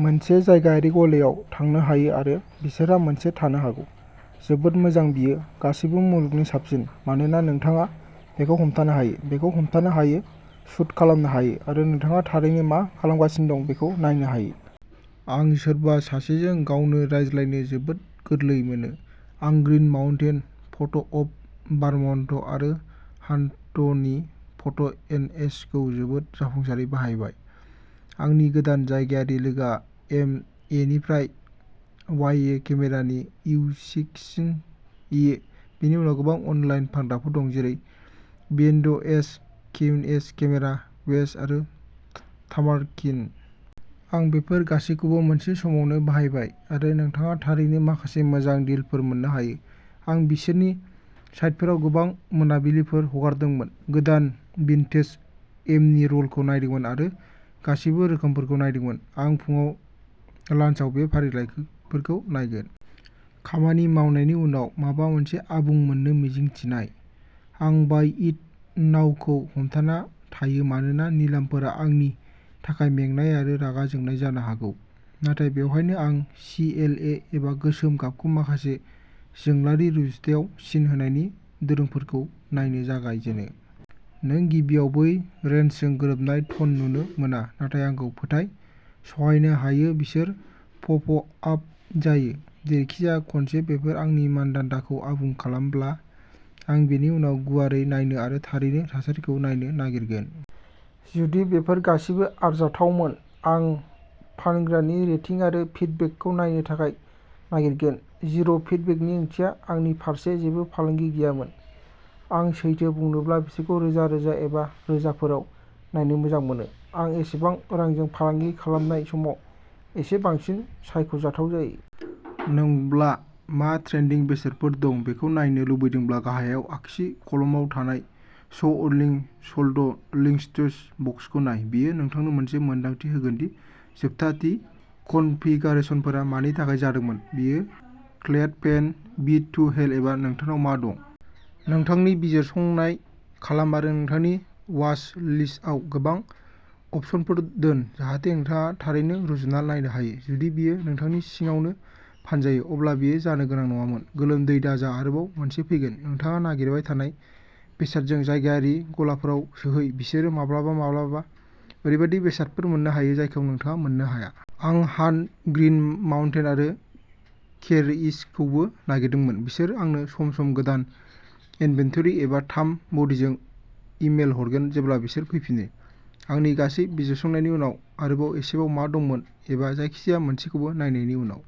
मोनसे जायगायारि गलायाव थांनो हायो आरो बिसोरहा मोनसे थानो हागौ। जोबोद मोजां बेयो गासैबो मुलुगनि साबसिन, मानोना नोंथाङा बेखौ हमथानो हायो, बेखौ हमथानो हायो, शूट खालामनो हायो आरो नोंथाङा थारैनो मा खालामगासिनो दं बेखौ नायनो हायो। आं सोरबा सासेजों गावनो रायज्लायनो जोबोद गोरलै मोनो। आं ग्रीन माउन्टेन फट'अफ भारमन्ट आरो हान्टनि फट' एनएच खौ जोबोद जाफुंसारै बाहायबाय। आंनि गोदान जायगायारि लोगोआ एमएनिफ्राय वाईये केमेरा नि इउक्सिन ये। बेनि उनाव गोबां अनलाइन फानग्राफोर दं, जेरै बीएन्डएच, केईएच, केमेरा वेस्ट आरो तामार्किन। आं बेफोर गासैबोखौ मोनसे समावनो बाहायबाय आरो नोंथाङा थारैनो माखासे मोजां डिलफोर मोन्नो हायो। आं बिसोरनि साइटफोराव गोबां मोनाबिलिफोर हगारदोंमोन, गोदान भिन्टेज एमनि रलखौ नायदोंमोन आरो गासैबो रोखोमफोरखौ नायदोंमोन। आं फुंआव, लान्सआव बे फारिलाइफोरखौ नायगोन। खामानि मावनायनि उनाव, माबा मोनसे आबुं मोन्नो मिजिं थिनाय। आं बाय इट नाउ खौ हमथाना थायो मानोना निलामफोरा आंनि थाखाय मेंनाय आरो रागा जोंनाय जानो हागौ। नाथाय बेवहायनो आं सि एल ए एबा गोसोम गाबखौ माखासे जोंलारि रुजुथायाव सिन होनायनि दोरोंफोरखौबो नायनो जागायजेनो। नों गिबियाव बै रेन्जजों गोरोबनाय टन नुनो मोना, नाथाय आंखौ फोथाय, सहायनो हायो। बिसोर पप आप जायो। जेरैखिजाया, खनसे बेफोर आंनि मानदान्दाखौ आबुं खालामब्ला, आं बेनि उनाव गुवारै नायनो आरो थारैनो थासारिखौ नायनो नागिरगोन। जुदि बेफोर गासैबो आरजाथावमोन, आं फानग्रानि रेटिं आरो फिडबेकखौ नायनो थाखाय नागिरगोन। जिर' फिडबेकनि ओंथिया आंनि फारसे जेबो फालांगि गैयामोन। आं सैथो बुंनोब्ला बिसोरखौ रोजा रोजा एबा रोजाफोराव नायनो मोजां मोनो। आं एसेबां रांजों फालांगि खालामनाय समाव एसे बांसिन सायख' जाथाव जायो। नोंब्ला मा ट्रेन्डिं बेसेनफोर दं बेखौ नायनो लुबैदोंब्ला, गाहायाव आगसि कलामाव थानाय श अनलि स'ल्ड लिस्टिंस बक्सखौ नाय। बेयो नोंथांनो मोनसे मोनदांथि होगोन दि जोबथा थि कनफिगारेशनफोरा मानि थाखाय जादोंमोन बेयो clad, paint, beat to hell एबा नोंथांनाव मा दं। नोंथांनि बिजिरसंनाय खालाम आरो नोंथांनि वाच लिस्टआव गोबां अपसनफोर दोन जाहाथे नोंथाङा थारैनो रुजुना नायनो हायो। जुदि बेयो नोंथांनि सिङावनो फानजायो, अब्ला बेयो जानो गोनां नङामोन। गोलोमदै दाजा आरोबाव मोनसे फैगोन। नोंथाङा नागिरबाय थानाय बेसादजों जायगायारि गलाफोराव सौहै बिसोरो माब्लाबा-माब्लाबा ओरैबायदि बेसादफोर मोननो हायो जायखौ नोंथाङा मोननो हाया। आं हान्ट, ग्रीन माउन्टेन आरो केईएइचखौबो नागिरदोंमोन। बिसोर आंनो सम-सम गोदान इनभेन्टरि एम थाम बडीजों इमेल हरगोन जेब्ला बिसोर फैफिनो। आंनि गासै बिजिरसंनायनि उनाव आरो इबेआव मा दंमोन एबा जायखिजाया मोनसेखौ नायनायनि उनाव।